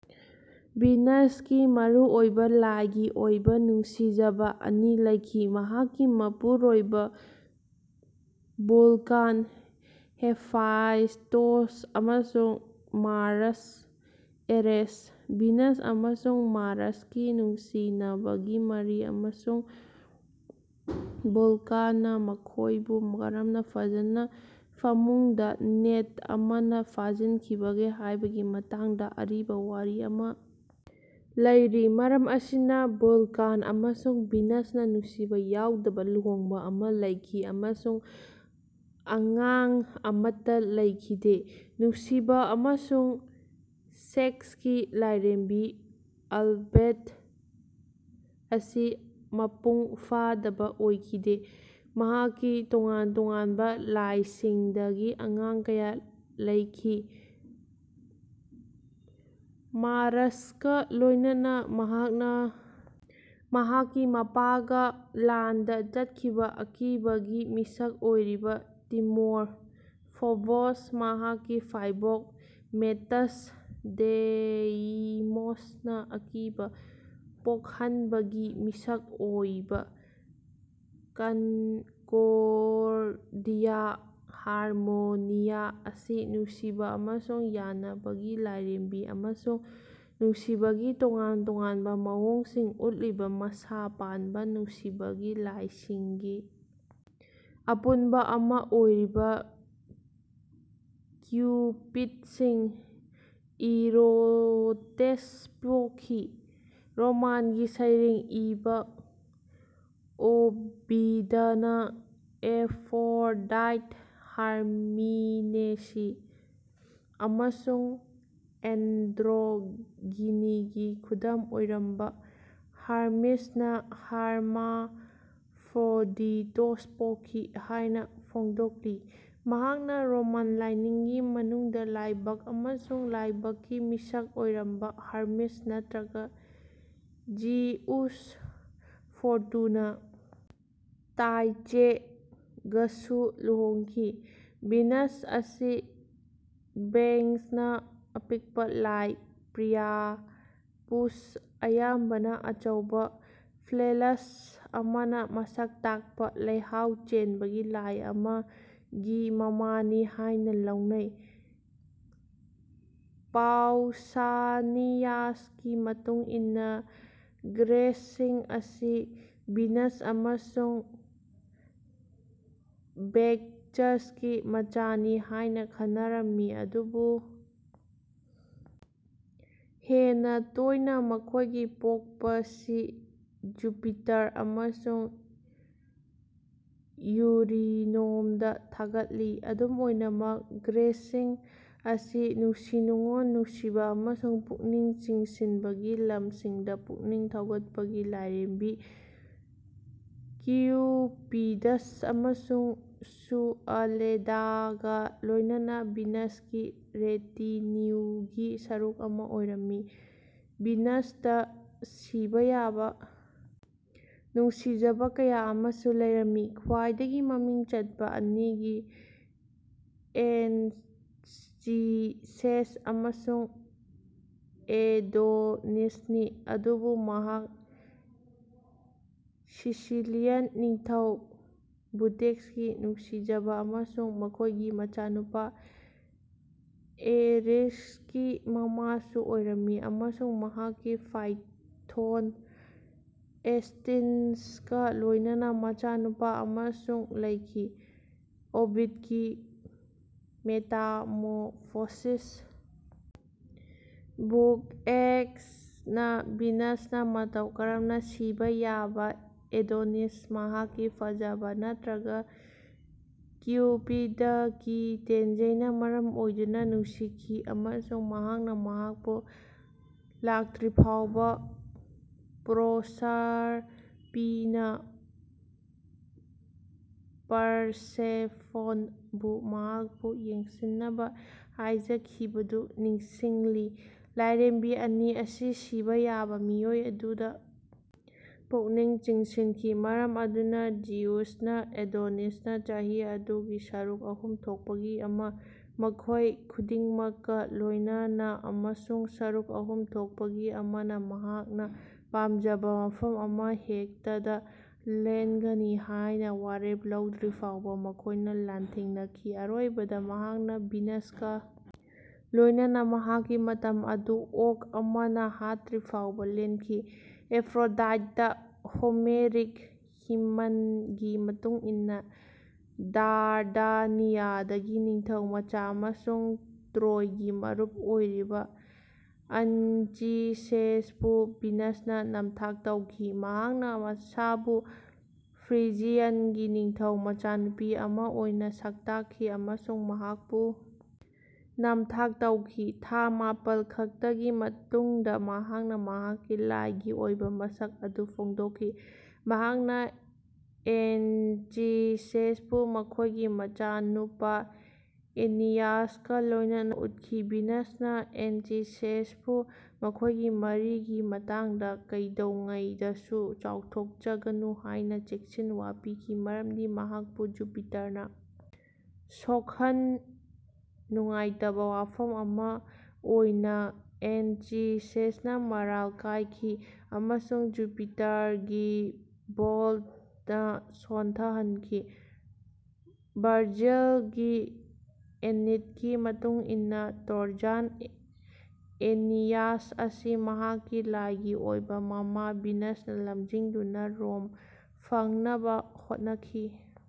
ꯚꯤꯅꯁꯀꯤ ꯃꯔꯨꯑꯣꯏꯕ ꯂꯥꯏꯒꯤ ꯑꯣꯏꯕ ꯅꯨꯡꯁꯤꯖꯕ ꯑꯅꯤ ꯂꯩꯈꯤ: ꯃꯍꯥꯛꯀꯤ ꯃꯄꯨꯔꯣꯏꯕ ꯚꯨꯜꯀꯥꯟ (ꯍꯦꯐꯥꯏꯁ꯭ꯇꯣꯁ) ꯑꯃꯁꯨꯡ ꯃꯥꯔ꯭ꯁ (ꯑꯦꯔꯦꯁ)꯫ ꯚꯤꯅꯁ ꯑꯃꯁꯨꯡ ꯃꯥꯔ꯭ꯁꯀꯤ ꯅꯨꯡꯁꯤꯅꯕꯒꯤ ꯃꯔꯤ ꯑꯃꯁꯨꯡ ꯚꯨꯜꯀꯥꯟꯅ ꯃꯈꯣꯏꯕꯨ ꯀꯔꯝꯅ ꯐꯖꯅ ꯐꯃꯨꯡꯗ ꯅꯦꯠ ꯑꯃꯅ ꯐꯥꯖꯤꯟꯈꯤꯕꯒꯦ ꯍꯥꯏꯕꯒꯤ ꯃꯇꯥꯡꯗ ꯑꯔꯤꯕ ꯋꯥꯔꯤ ꯑꯃ ꯂꯩꯔꯤ꯫ ꯃꯔꯝ ꯑꯁꯤꯅ ꯚꯨꯜꯀꯥꯟ ꯑꯃꯁꯨꯡ ꯚꯤꯅꯁꯅ ꯅꯨꯡꯁꯤꯕ ꯌꯥꯎꯗꯕ ꯂꯨꯍꯣꯡꯕ ꯑꯃ ꯂꯩꯈꯤ ꯑꯃꯁꯨꯡ ꯑꯉꯥꯡ ꯑꯃꯠꯇ ꯂꯩꯈꯤꯗꯦ꯫ ꯅꯨꯡꯁꯤꯕ ꯑꯃꯁꯨꯡ ꯁꯦꯛꯁꯀꯤ ꯂꯥꯏꯔꯦꯝꯕꯤ ꯑꯜꯕꯦꯠ ꯑꯁꯤ ꯃꯄꯨꯡ ꯐꯥꯗꯕ ꯑꯣꯏꯈꯤꯗꯦ; ꯃꯍꯥꯛꯀꯤ ꯇꯣꯉꯥꯟ-ꯇꯣꯉꯥꯟꯕ ꯂꯥꯏꯁꯤꯡꯗꯒꯤ ꯑꯉꯥꯡ ꯀꯌꯥ ꯂꯩꯈꯤ꯫ ꯃꯥꯔ꯭ꯁꯀ ꯂꯣꯏꯅꯅ, ꯃꯍꯥꯛꯅ ꯃꯍꯥꯛꯀꯤ ꯃꯄꯥꯒ ꯂꯥꯟꯗ ꯆꯠꯈꯤꯕ ꯑꯀꯤꯕꯒꯤ ꯃꯤꯁꯛ ꯑꯣꯏꯔꯤꯕ ꯇꯤꯃꯣꯔ (ꯐꯣꯕꯣꯁ), ꯃꯍꯥꯛꯀꯤ ꯐꯥꯏꯕꯣꯛ ꯃꯦꯇꯁ (ꯗꯦꯏꯃꯣꯁ)ꯅ ꯑꯀꯤꯕ ꯄꯣꯛꯍꯟꯕꯒꯤ ꯃꯤꯁꯛ ꯑꯣꯏꯕ, ꯀꯟꯀꯣꯔꯗꯤꯌꯥ (ꯍꯥꯔꯃꯣꯅꯤꯌꯥ) ꯑꯁꯤ ꯅꯨꯡꯁꯤꯕ ꯑꯃꯁꯨꯡ ꯌꯥꯅꯕꯒꯤ ꯂꯥꯏꯔꯦꯝꯕꯤ, ꯑꯃꯁꯨꯡ ꯅꯨꯡꯁꯤꯕꯒꯤ ꯇꯣꯉꯥꯟ-ꯇꯣꯉꯥꯟꯕ ꯃꯑꯣꯡꯁꯤꯡ ꯎꯠꯂꯤꯕ ꯃꯁꯥ ꯄꯥꯟꯕ ꯅꯨꯡꯁꯤꯕꯒꯤ ꯂꯥꯏꯁꯤꯡꯒꯤ ꯑꯄꯨꯟꯕ ꯑꯃ ꯑꯣꯏꯔꯤꯕ ꯀ꯭ꯌꯨꯄꯤꯠꯁꯤꯡ (ꯏꯔꯣꯇꯦꯁ) ꯄꯣꯛꯈꯤ꯫ꯔꯣꯃꯥꯟꯒꯤ ꯁꯩꯔꯦꯡ ꯏꯕ ꯑꯣꯕꯤꯗꯅ ꯑꯦꯐ꯭ꯔꯣꯗꯥꯏꯠ ꯍꯔꯃꯤꯅꯦꯁꯤ ꯑꯃꯁꯨꯡ ꯑꯦꯟꯗ꯭ꯔꯣꯒꯤꯅꯤꯒꯤ ꯈꯨꯗꯝ ꯑꯣꯏꯔꯝꯕ ꯍꯔꯃꯤꯁꯅ ꯍꯔꯃꯥꯐ꯭ꯔꯣꯗꯤꯇꯣꯁ ꯄꯣꯛꯈꯤ ꯍꯥꯏꯅ ꯐꯣꯡꯗꯣꯛꯂꯤ꯫ ꯃꯍꯥꯛꯅ ꯔꯣꯃꯥꯟ ꯂꯥꯏꯅꯤꯡꯒꯤ ꯃꯅꯨꯡꯗ ꯂꯥꯏꯕꯛ ꯑꯃꯁꯨꯡ ꯂꯥꯏꯕꯛꯀꯤ ꯃꯤꯁꯛ ꯑꯣꯏꯔꯝꯕ ꯍꯔꯃꯤꯁ ꯅꯠꯇ꯭ꯔꯒ ꯖꯤꯎꯁ, ꯐꯣꯔꯇꯨꯅꯥ (ꯇꯥꯏꯆꯦ)ꯒꯁꯨ ꯂꯨꯍꯣꯡꯈꯤ꯫ ꯚꯤꯅꯁ ꯑꯁꯤ ꯕꯦꯛꯁꯅ ꯑꯄꯤꯛꯄ ꯂꯥꯏ ꯄ꯭ꯔꯤꯌꯥꯄꯨꯁ (ꯑꯌꯥꯝꯕꯅ ꯑꯆꯧꯕ ꯐꯦꯂꯁ ꯑꯃꯅ ꯃꯁꯛ ꯇꯥꯛꯄ ꯂꯩꯍꯥꯎ ꯆꯦꯟꯕꯒꯤ ꯂꯥꯏ ꯑꯃ)ꯒꯤ ꯃꯃꯥꯅꯤ ꯍꯥꯏꯅ ꯂꯧꯅꯩ꯫ ꯄꯥꯎꯁꯥꯅꯤꯌꯥꯁꯀꯤ ꯃꯇꯨꯡ ꯏꯟꯅ, ꯒ꯭ꯔꯦꯁꯁꯤꯡ ꯑꯁꯤ ꯚꯤꯅꯁ ꯑꯃꯁꯨꯡ ꯕꯦꯛꯆꯁꯀꯤ ꯃꯆꯥꯅꯤ ꯍꯥꯏꯅ ꯈꯟꯅꯔꯝꯃꯤ, ꯑꯗꯨꯕꯨ ꯍꯦꯟꯅ ꯇꯣꯏꯅ ꯃꯈꯣꯏꯒꯤ ꯄꯣꯛꯄꯁꯤ ꯖꯨꯄꯤꯇꯔ ꯑꯃꯁꯨꯡ ꯌꯨꯔꯤꯅꯣꯝꯗ ꯊꯥꯒꯠꯂꯤ꯫ ꯑꯗꯨꯝ ꯑꯣꯏꯅꯃꯛ, ꯒ꯭ꯔꯦꯁꯁꯤꯡ ꯑꯁꯤ ꯅꯨꯡꯁꯤ-ꯅꯨꯡꯑꯣꯟ, ꯅꯨꯡꯁꯤꯕ ꯑꯃꯁꯨꯡ ꯄꯨꯛꯅꯤꯡ ꯆꯤꯡꯁꯤꯟꯕꯒꯤ ꯂꯝꯁꯤꯡꯗ ꯄꯨꯛꯅꯤꯡ ꯊꯧꯒꯠꯄꯒꯤ ꯂꯥꯏꯔꯦꯝꯕꯤ ꯀ꯭ꯌꯨꯄꯤꯗ꯭ꯁ ꯑꯃꯁꯨꯡ ꯁꯨꯑꯗꯦꯂꯥꯒ ꯂꯣꯏꯅꯅ ꯚꯤꯅꯁꯀꯤ ꯔꯦꯇꯤꯅ꯭ꯌꯨꯒꯤ ꯁꯔꯨꯛ ꯑꯃ ꯑꯣꯏꯔꯝꯃꯤ꯫ ꯚꯤꯅꯁꯇ ꯁꯤꯕ ꯌꯥꯕ ꯅꯨꯡꯁꯤꯖꯕ ꯀꯌꯥ ꯑꯃꯁꯨ ꯂꯩꯔꯝꯃꯤ꯫ ꯈ꯭ꯋꯥꯏꯗꯒꯤ ꯃꯃꯤꯡ ꯆꯠꯄ ꯑꯅꯤꯗꯤ ꯑꯦꯟꯆꯤꯁꯦꯁ ꯑꯃꯁꯨꯡ ꯑꯦꯗꯣꯅꯤꯁꯅꯤ, ꯑꯗꯨꯕꯨ ꯃꯍꯥꯛ ꯁꯤꯁꯤꯂꯤꯌꯟ ꯅꯤꯡꯊꯧ ꯕꯨꯇꯦꯁꯀꯤ ꯅꯨꯡꯁꯤꯖꯕ ꯑꯃꯁꯨꯡ ꯃꯈꯣꯏꯒꯤ ꯃꯆꯥꯅꯨꯄꯥ ꯑꯦꯔꯤꯛꯁꯀꯤ ꯃꯃꯥꯁꯨ ꯑꯣꯏꯔꯝꯃꯤ, ꯑꯃꯁꯨꯡ ꯃꯍꯥꯛꯀꯤ ꯐꯥꯏꯊꯣꯟ, ꯑꯦꯁꯇꯤꯟꯁꯀ ꯂꯣꯏꯅꯅ ꯃꯆꯥꯅꯨꯄꯥ ꯑꯃꯁꯨ ꯂꯩꯈꯤ꯫ ꯑꯣꯕꯤꯠꯀꯤ ꯃꯦꯇꯥꯃꯣꯔꯐꯣꯁꯤꯁ (ꯕꯨꯛ ꯑꯦꯛꯁ)ꯅ ꯚꯤꯅꯁꯅ ꯃꯇꯧ ꯀꯔꯝꯅ ꯁꯤꯕ ꯌꯥꯕ ꯑꯦꯗꯣꯅꯤꯁ (ꯃꯍꯥꯛꯀꯤ ꯐꯖꯕ ꯅꯠꯇ꯭ꯔꯒ ꯀ꯭ꯌꯨꯄꯤꯗꯀꯤ ꯇꯦꯟꯖꯩꯅ ꯃꯔꯝ ꯑꯣꯏꯗꯨꯅ) ꯅꯨꯡꯁꯤꯈꯤ ꯑꯃꯁꯨꯡ ꯃꯍꯥꯛꯅ ꯃꯍꯥꯛꯄꯨ ꯂꯥꯛꯇ꯭ꯔꯤꯐꯥꯎꯕ ꯄ꯭ꯔꯣꯁꯔꯄꯤꯅꯥ (ꯄꯔꯁꯦꯐꯣꯟ)ꯕꯨ ꯃꯍꯥꯛꯄꯨ ꯌꯦꯡꯁꯤꯟꯅꯕ ꯍꯥꯏꯖꯈꯤꯕꯗꯨ ꯅꯤꯡꯁꯤꯡꯂꯤ꯫ ꯂꯥꯏꯔꯦꯝꯕꯤ ꯑꯅꯤ ꯑꯁꯤ ꯁꯤꯕ ꯌꯥꯕ ꯃꯤꯑꯣꯏ ꯑꯗꯨꯗ ꯄꯨꯛꯅꯤꯡ ꯆꯤꯡꯁꯤꯟꯈꯤ, ꯃꯔꯝ ꯑꯗꯨꯅ ꯖꯤꯎꯁꯅ ꯑꯦꯗꯣꯅꯤꯁꯅ ꯆꯍꯤ ꯑꯗꯨꯒꯤ ꯁꯔꯨꯛ ꯑꯍꯨꯝ ꯊꯣꯛꯄꯒꯤ ꯑꯃ ꯃꯈꯣꯏ ꯈꯨꯗꯤꯡꯃꯛꯀ ꯂꯣꯏꯅꯅ ꯑꯃꯁꯨꯡ ꯁꯔꯨꯛ ꯑꯍꯨꯝ ꯊꯣꯛꯄꯒꯤ ꯑꯃꯅ ꯃꯍꯥꯛꯅ ꯄꯥꯝꯖꯕ ꯃꯐꯝ ꯑꯃꯍꯦꯛꯇꯗ ꯂꯦꯟꯒꯅꯤ ꯍꯥꯏꯅ ꯋꯥꯔꯦꯞ ꯂꯧꯗ꯭ꯔꯤꯐꯥꯎꯕ ꯃꯈꯣꯏꯅ ꯂꯥꯟꯊꯦꯡꯅꯈꯤ꯫ ꯑꯔꯣꯏꯕꯗ, ꯃꯍꯥꯛꯅ ꯚꯤꯅꯁꯀ ꯂꯣꯏꯅꯅ ꯃꯍꯥꯛꯀꯤ ꯃꯇꯝ ꯑꯗꯨ ꯑꯣꯛ ꯑꯃꯅ ꯍꯥꯠꯇ꯭ꯔꯤꯐꯥꯎꯕ ꯂꯦꯟꯈꯤ꯫ ꯑꯦꯐ꯭ꯔꯣꯗꯥꯏꯠꯇ ꯍꯣꯃꯦꯔꯤꯛ ꯍꯤꯃꯟꯒꯤ ꯃꯇꯨꯡ ꯏꯟꯅ ꯗꯥꯔꯗꯥꯅꯤꯌꯥꯗꯒꯤ ꯅꯤꯡꯊꯧꯃꯆꯥ ꯑꯃꯁꯨꯡ ꯇ꯭ꯔꯣꯏꯒꯤ ꯃꯔꯨꯞ ꯑꯣꯏꯔꯤꯕ ꯑꯟꯆꯤꯁꯦꯁꯄꯨ ꯚꯤꯅꯁꯅ ꯅꯝꯊꯥꯛ ꯇꯧꯈꯤ꯫ ꯃꯍꯥꯛꯅ ꯃꯁꯥꯕꯨ ꯐ꯭ꯔꯤꯖꯤꯌꯟꯒꯤ ꯅꯤꯡꯊꯧ ꯃꯆꯥꯅꯨꯄꯤ ꯑꯃ ꯑꯣꯏꯅ ꯁꯛꯇꯥꯛꯈꯤ ꯑꯃꯁꯨꯡ ꯃꯍꯥꯛꯄꯨ ꯅꯝꯊꯥꯛ ꯇꯧꯈꯤ; ꯊꯥ ꯃꯥꯄꯟ ꯈꯛꯇꯒꯤ ꯃꯇꯨꯡꯗ ꯃꯍꯥꯛꯅ ꯃꯍꯥꯛꯀꯤ ꯂꯥꯏꯒꯤ ꯑꯣꯏꯕ ꯃꯁꯛ ꯑꯗꯨ ꯐꯣꯡꯗꯣꯛꯈꯤ꯫ ꯃꯍꯥꯛꯅ ꯑꯦꯟꯆꯤꯁꯦꯁꯄꯨ ꯃꯈꯣꯏꯒꯤ ꯃꯆꯥꯅꯨꯄꯥ ꯑꯦꯅꯤꯌꯥꯁꯀ ꯂꯣꯏꯅꯅ ꯎꯠꯈꯤ꯫ ꯚꯤꯅꯁꯅ ꯑꯦꯟꯆꯤꯁꯦꯁꯄꯨ ꯃꯈꯣꯏꯒꯤ ꯃꯔꯤꯒꯤ ꯃꯇꯥꯡꯗ ꯀꯩꯗꯧꯉꯩꯗꯁꯨ ꯆꯥꯎꯊꯣꯛꯆꯒꯅꯨ ꯍꯥꯏꯅ ꯆꯦꯛꯁꯤꯟꯋꯥ ꯄꯤꯈꯤ ꯃꯔꯝꯗꯤ ꯃꯍꯥꯛꯄꯨ ꯖꯨꯄꯤꯇꯔꯅ ꯁꯣꯛꯍꯟ ꯅꯨꯡꯉꯥꯏꯇꯕ ꯋꯥꯐꯝ ꯑꯃ ꯑꯣꯏꯅ, ꯑꯦꯟꯆꯤꯁꯦꯁꯅ ꯃꯔꯥꯜ ꯀꯥꯏꯈꯤ ꯑꯃꯁꯨꯡ ꯖꯨꯄꯤꯇꯔꯒꯤ ꯕꯣꯜꯠꯅ ꯁꯣꯟꯊꯍꯟꯈꯤ꯫ ꯚꯔꯖꯤꯜꯒꯤ ꯑꯦꯅꯤꯠꯀꯤ ꯃꯇꯨꯡ ꯏꯟꯅ ꯇ꯭ꯔꯣꯖꯥꯟ ꯑꯦꯅꯤꯌꯥꯁ ꯑꯁꯤ ꯃꯍꯥꯛꯀꯤ ꯂꯥꯏꯒꯤ ꯑꯣꯏꯕ ꯃꯃꯥ ꯚꯤꯅꯁꯅ ꯂꯝꯖꯤꯡꯗꯨꯅ ꯔꯣꯝ ꯐꯪꯅꯕ ꯍꯣꯠꯅꯈꯤ꯫